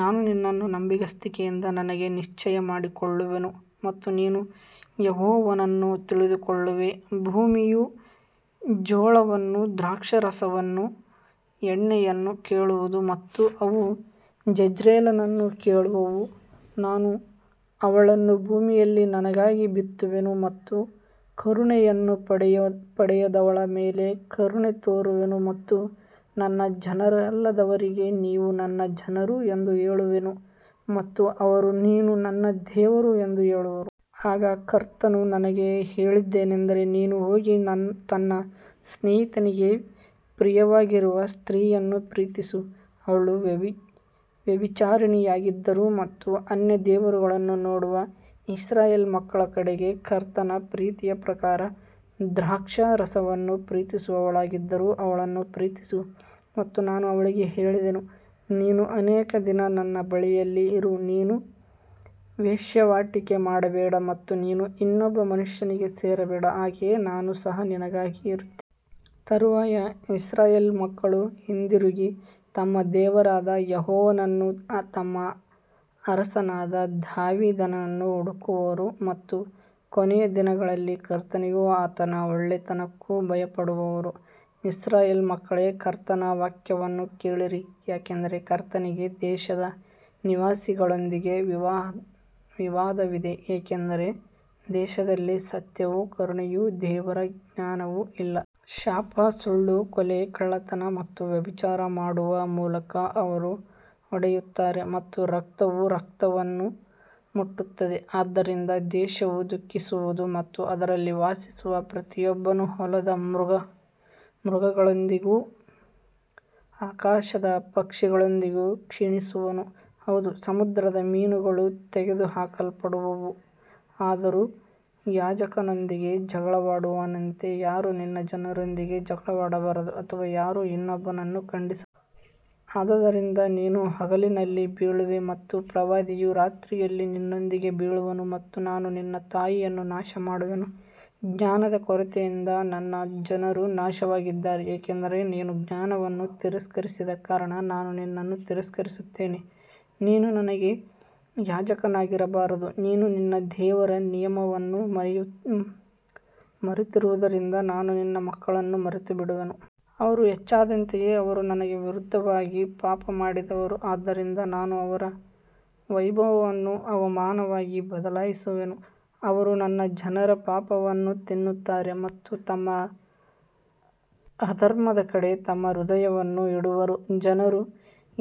ನಾನು ನಿನ್ನನ್ನು ನಂಬಿಗಸ್ತಿಕೆಯಿಂದ ನನಗೆ ನಿಶ್ಚಯಮಾಡಿಕೊಳ್ಳುವೆನು ಮತ್ತು ನೀನು ಯೆಹೋವನನ್ನು ತಿಳಿದುಕೊಳ್ಳುವೆ. ಭೂಮಿಯು ಜೋಳವನ್ನೂ ದ್ರಾಕ್ಷಾರಸವನ್ನೂ ಎಣ್ಣೆಯನ್ನೂ ಕೇಳುವುದು ಮತ್ತು ಅವು ಜೆಜ್ರೇಲನನ್ನು ಕೇಳುವವು. ನಾನು ಅವಳನ್ನು ಭೂಮಿಯಲ್ಲಿ ನನಗಾಗಿ ಬಿತ್ತುವೆನು ಮತ್ತು ಕರುಣೆಯನ್ನು ಪಡೆಯದವಳ ಮೇಲೆ ಕರುಣೆ ತೋರುವೆನು ಮತ್ತು ನನ್ನ ಜನರಲ್ಲದವರಿಗೆ, ನೀವು ನನ್ನ ಜನರು ಎಂದು ಹೇಳುವೆನು ಮತ್ತು ಅವರು, ನೀನು ನನ್ನ ದೇವರು ಎಂದು ಹೇಳುವರು. ಆಗ ಕರ್ತನು ನನಗೆ ಹೇಳಿದ್ದೇನೆಂದರೆ, ನೀನು ಹೋಗಿ ತನ್ನ ಸ್ನೇಹಿತನಿಗೆ ಪ್ರಿಯವಾಗಿರುವ ಸ್ತ್ರೀಯನ್ನು ಪ್ರೀತಿಸು, ಅವಳು ವ್ಯಭಿಚಾರಿಣಿಯಾಗಿದ್ದರೂ ಮತ್ತು ಅನ್ಯ ದೇವರುಗಳನ್ನು ನೋಡುವ ಇಸ್ರಾಯೇಲ್ ಮಕ್ಕಳ ಕಡೆಗೆ ಕರ್ತನ ಪ್ರೀತಿಯ ಪ್ರಕಾರ ದ್ರಾಕ್ಷಾರಸವನ್ನು ಪ್ರೀತಿಸುವವಳಾಗಿದ್ದರೂ ಅವಳನ್ನು ಪ್ರೀತಿಸು. ಮತ್ತು ನಾನು ಅವಳಿಗೆ ಹೇಳಿದೆನು, ನೀನು ಅನೇಕ ದಿನ ನನ್ನ ಬಳಿಯಲ್ಲಿ ಇರು, ನೀನು ವೇಶ್ಯಾವಾಟಿಕೆ ಮಾಡಬೇಡ ಮತ್ತು ನೀನು ಇನ್ನೊಬ್ಬ ಮನುಷ್ಯನಿಗೆ ಸೇರಬೇಡ, ಹಾಗೆಯೇ ನಾನು ಸಹ ನಿನಗಾಗಿ ಇರುತ್ತೇನೆ. ತರುವಾಯ ಇಸ್ರಾಯೇಲ್ ಮಕ್ಕಳು ಹಿಂದಿರುಗಿ ತಮ್ಮ ದೇವರಾದ ಯೆಹೋವನನ್ನೂ ತಮ್ಮ ಅರಸನಾದ ದಾವೀದನನ್ನೂ ಹುಡುಕುವರು ಮತ್ತು ಕೊನೆಯ ದಿನಗಳಲ್ಲಿ ಕರ್ತನಿಗೂ ಆತನ ಒಳ್ಳೆಯತನಕ್ಕೂ ಭಯಪಡುವರು. ಇಸ್ರಾಯೇಲ್ ಮಕ್ಕಳೇ, ಕರ್ತನ ವಾಕ್ಯವನ್ನು ಕೇಳಿರಿ, ಯಾಕಂದರೆ ಕರ್ತನಿಗೆ ದೇಶದ ನಿವಾಸಿಗಳೊಂದಿಗೆ ವಿವಾದವಿದೆ, ಏಕೆಂದರೆ ದೇಶದಲ್ಲಿ ಸತ್ಯವೂ ಕರುಣೆಯೂ ದೇವರ ಜ್ಞಾನವೂ ಇಲ್ಲ. ಶಾಪ, ಸುಳ್ಳು, ಕೊಲೆ, ಕಳ್ಳತನ ಮತ್ತು ವ್ಯಭಿಚಾರ ಮಾಡುವ ಮೂಲಕ ಅವರು ಒಡೆಯುತ್ತಾರೆ ಮತ್ತು ರಕ್ತವು ರಕ್ತವನ್ನು ಮುಟ್ಟುತ್ತದೆ. ಆದದರಿಂದ ದೇಶವು ದುಃಖಿಸುವುದು ಮತ್ತು ಅದರಲ್ಲಿ ವಾಸಿಸುವ ಪ್ರತಿಯೊಬ್ಬನು ಹೊಲದ ಮೃಗಗಳೊಂದಿಗೂ ಆಕಾಶದ ಪಕ್ಷಿಗಳೊಂದಿಗೂ ಕ್ಷೀಣಿಸುವನು, ಹೌದು, ಸಮುದ್ರದ ಮೀನುಗಳೂ ತೆಗೆದುಹಾಕಲ್ಪಡುವವು. ಆದರೂ ಯಾಜಕನೊಂದಿಗೆ ಜಗಳವಾಡುವವನಂತೆ ಯಾರೂ ನಿನ್ನ ಜನರೊಂದಿಗೆ ಜಗಳವಾಡಬಾರದು ಅಥವಾ ಯಾರೂ ಇನ್ನೊಬ್ಬನನ್ನು ಖಂಡಿಸಬಾರದು. ಆದದರಿಂದ ನೀನು ಹಗಲಿನಲ್ಲಿ ಬೀಳುವೆ ಮತ್ತು ಪ್ರವಾದಿಯೂ ರಾತ್ರಿಯಲ್ಲಿ ನಿನ್ನೊಂದಿಗೆ ಬೀಳುವನು ಮತ್ತು ನಾನು ನಿನ್ನ ತಾಯಿಯನ್ನು ನಾಶಮಾಡುವೆನು. ಜ್ಞಾನದ ಕೊರತೆಯಿಂದ ನನ್ನ ಜನರು ನಾಶವಾಗಿದ್ದಾರೆ, ಏಕೆಂದರೆ ನೀನು ಜ್ಞಾನವನ್ನು ತಿರಸ್ಕರಿಸಿದ ಕಾರಣ ನಾನು ನಿನ್ನನ್ನು ತಿರಸ್ಕರಿಸುತ್ತೇನೆ, ನೀನು ನನಗೆ ಯಾಜಕನಾಗಿರಬಾರದು. ನೀನು ನಿನ್ನ ದೇವರ ನಿಯಮವನ್ನು ಮರೆತಿರುವುದರಿಂದ ನಾನು ನಿನ್ನ ಮಕ್ಕಳನ್ನೂ ಮರೆತುಬಿಡುವೆನು. ಅವರು ಹೆಚ್ಚಾದಂತೆಯೇ ಅವರು ನನಗೆ ವಿರುದ್ಧವಾಗಿ ಪಾಪಮಾಡಿದರು, ಆದ್ದರಿಂದ ನಾನು ಅವರ ವೈಭವವನ್ನು ಅವಮಾನವಾಗಿ ಬದಲಾಯಿಸುವೆನು. ಅವರು ನನ್ನ ಜನರ ಪಾಪವನ್ನು ತಿನ್ನುತ್ತಾರೆ ಮತ್ತು ತಮ್ಮ ಅಧರ್ಮದ ಕಡೆಗೆ ತಮ್ಮ ಹೃದಯವನ್ನು ಇಡುವರು. ಜನರು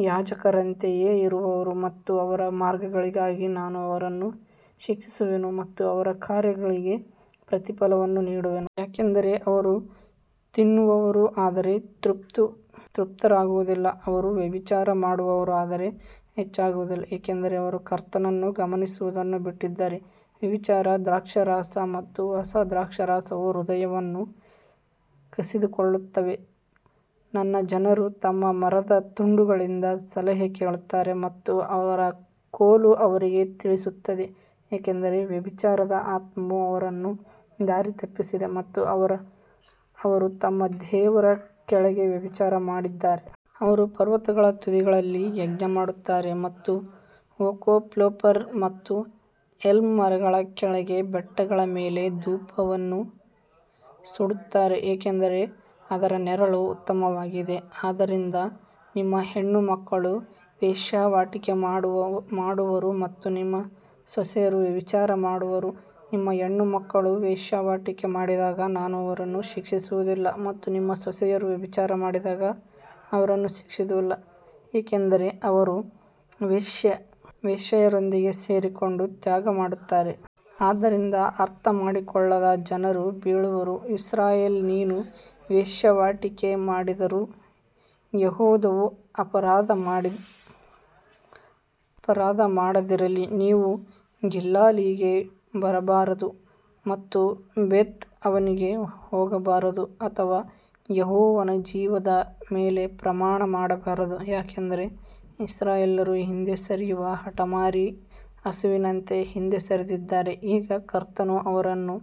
ಯಾಜಕರಂತೆಯೇ ಇರುವರು ಮತ್ತು ಅವರ ಮಾರ್ಗಗಳಿಗಾಗಿ ನಾನು ಅವರನ್ನು ಶಿಕ್ಷಿಸುವೆನು ಮತ್ತು ಅವರ ಕಾರ್ಯಗಳಿಗೆ ಪ್ರತಿಫಲವನ್ನು ನೀಡುವೆನು. ಯಾಕಂದರೆ ಅವರು ತಿನ್ನುವರು, ಆದರೆ ತೃಪ್ತರಾಗುವುದಿಲ್ಲ. ಅವರು ವ್ಯಭಿಚಾರ ಮಾಡುವರು, ಆದರೆ ಹೆಚ್ಚಾಗುವುದಿಲ್ಲ, ಏಕೆಂದರೆ ಅವರು ಕರ್ತನನ್ನು ಗಮನಿಸುವುದನ್ನು ಬಿಟ್ಟಿದ್ದಾರೆ. ವ್ಯಭಿಚಾರ, ದ್ರಾಕ್ಷಾರಸ ಮತ್ತು ಹೊಸ ದ್ರಾಕ್ಷಾರಸವು ಹೃದಯವನ್ನು ಕಸಿದುಕೊಳ್ಳುತ್ತವೆ. ನನ್ನ ಜನರು ತಮ್ಮ ಮರದ ತುಂಡುಗಳಿಂದ ಸಲಹೆ ಕೇಳುತ್ತಾರೆ ಮತ್ತು ಅವರ ಕೋಲು ಅವರಿಗೆ ತಿಳಿಸುತ್ತದೆ, ಏಕೆಂದರೆ ವ್ಯಭಿಚಾರದ ಆತ್ಮವು ಅವರನ್ನು ದಾರಿತಪ್ಪಿಸಿದೆ ಮತ್ತು ಅವರು ತಮ್ಮ ದೇವರ ಕೆಳಗೆ ವ್ಯಭಿಚಾರ ಮಾಡಿದ್ದಾರೆ. ಅವರು ಪರ್ವತಗಳ ತುದಿಗಳಲ್ಲಿ ಯಜ್ಞಮಾಡುತ್ತಾರೆ ಮತ್ತು ಓಕ್, ಪೋಪ್ಲರ್ ಮತ್ತು ಎಲ್ಮ್ ಮರಗಳ ಕೆಳಗೆ ಬೆಟ್ಟಗಳ ಮೇಲೆ ಧೂಪವನ್ನು ಸುಡುತ್ತಾರೆ, ಏಕೆಂದರೆ ಅದರ ನೆರಳು ಉತ್ತಮವಾಗಿದೆ. ಆದದರಿಂದ ನಿಮ್ಮ ಹೆಣ್ಣುಮಕ್ಕಳು ವೇಶ್ಯಾವಾಟಿಕೆ ಮಾಡುವರು ಮತ್ತು ನಿಮ್ಮ ಸೊಸೆಯರು ವ್ಯಭಿಚಾರ ಮಾಡುವರು. ನಿಮ್ಮ ಹೆಣ್ಣುಮಕ್ಕಳು ವೇಶ್ಯಾವಾಟಿಕೆ ಮಾಡಿದಾಗ ನಾನು ಅವರನ್ನು ಶಿಕ್ಷಿಸುವುದಿಲ್ಲ ಮತ್ತು ನಿಮ್ಮ ಸೊಸೆಯರು ವ್ಯಭಿಚಾರ ಮಾಡಿದಾಗ ಅವರನ್ನು ಶಿಕ್ಷಿಸುವುದಿಲ್ಲ, ಏಕೆಂದರೆ ಅವರು ವೇಶ್ಯೆಯರೊಂದಿಗೆ ಸೇರಿಕೊಂಡು ತ್ಯಾಗಮಾಡುತ್ತಾರೆ. ಆದ್ದರಿಂದ ಅರ್ಥಮಾಡಿಕೊಳ್ಳದ ಜನರು ಬೀಳುವರು. ಇಸ್ರಾಯೇಲೇ, ನೀನು ವೇಶ್ಯಾವಾಟಿಕೆ ಮಾಡಿದರೂ ಯೆಹೂದವು ಅಪರಾಧ ಮಾಡದಿರಲಿ. ನೀವು ಗಿಲ್ಗಾಲಿಗೆ ಬರಬಾರದು ಮತ್ತು ಬೇತ್‌ಆವೆನಿಗೆ ಹೋಗಬಾರದು ಅಥವಾ ಯೆಹೋವನ ಜೀವದ ಮೇಲೆ ಪ್ರಮಾಣ ಮಾಡಬಾರದು. ಯಾಕಂದರೆ ಇಸ್ರಾಯೇಲ್ಯರು ಹಿಂದೆ ಸರಿಯುವ ಹಠಮಾರಿ ಹಸುವಿನಂತೆ ಹಿಂದೆ ಸರಿದಿದ್ದಾರೆ. ಈಗ ಕರ್ತನು ಅವರನ್ನು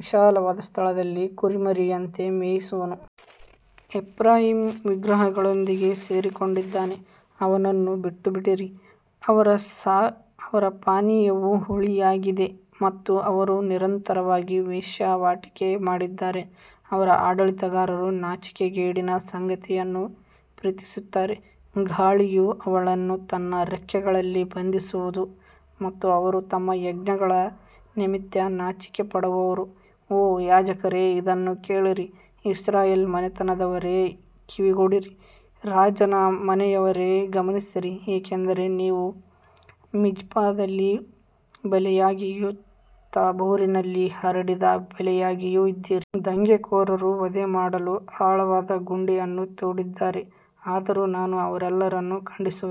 ವಿಶಾಲವಾದ ಸ್ಥಳದಲ್ಲಿ ಕುರಿಮರಿಯಂತೆ ಮೇಯಿಸುವನು. ಎಫ್ರಾಯೀಮ್ ವಿಗ್ರಹಗಳೊಂದಿಗೆ ಸೇರಿಕೊಂಡಿದ್ದಾನೆ, ಅವನನ್ನು ಬಿಟ್ಟುಬಿಡಿರಿ. ಅವರ ಪಾನೀಯವು ಹುಳಿಯಾಗಿದೆ ಮತ್ತು ಅವರು ನಿರಂತರವಾಗಿ ವೇಶ್ಯಾವಾಟಿಕೆ ಮಾಡಿದ್ದಾರೆ. ಅವರ ಆಡಳಿತಗಾರರು ನಾಚಿಕೆಗೇಡಿನ ಸಂಗತಿಯನ್ನು ಪ್ರೀತಿಸುತ್ತಾರೆ. ಗಾಳಿಯು ಅವಳನ್ನು ತನ್ನ ರೆಕ್ಕೆಗಳಲ್ಲಿ ಬಂಧಿಸುವುದು ಮತ್ತು ಅವರು ತಮ್ಮ ಯಜ್ಞಗಳ ನಿಮಿತ್ತ ನಾಚಿಕೆಪಡುವರು. ಓ ಯಾಜಕರೇ, ಇದನ್ನು ಕೇಳಿರಿ, ಇಸ್ರಾಯೇಲ್ ಮನೆತನದವರೇ, ಕಿವಿಗೊಡಿರಿ, ರಾಜನ ಮನೆಯವರೇ, ಗಮನಿಸಿರಿ, ಏಕೆಂದರೆ ನೀವು ಮಿಜ್ಪಾದಲ್ಲಿ ಬಲೆಯಾಗಿಯೂ ತಾಬೋರಿನಲ್ಲಿ ಹರಡಿದ ಬಲೆಯಾಗಿಯೂ ಇದ್ದೀರಿ. ದಂಗೆಕೋರರು ವಧೆ ಮಾಡಲು ಆಳವಾದ ಗುಂಡಿಯನ್ನು ತೋಡಿದ್ದಾರೆ, ಆದರೂ ನಾನು ಅವರೆಲ್ಲರನ್ನು ಖಂಡಿಸುವೆನು.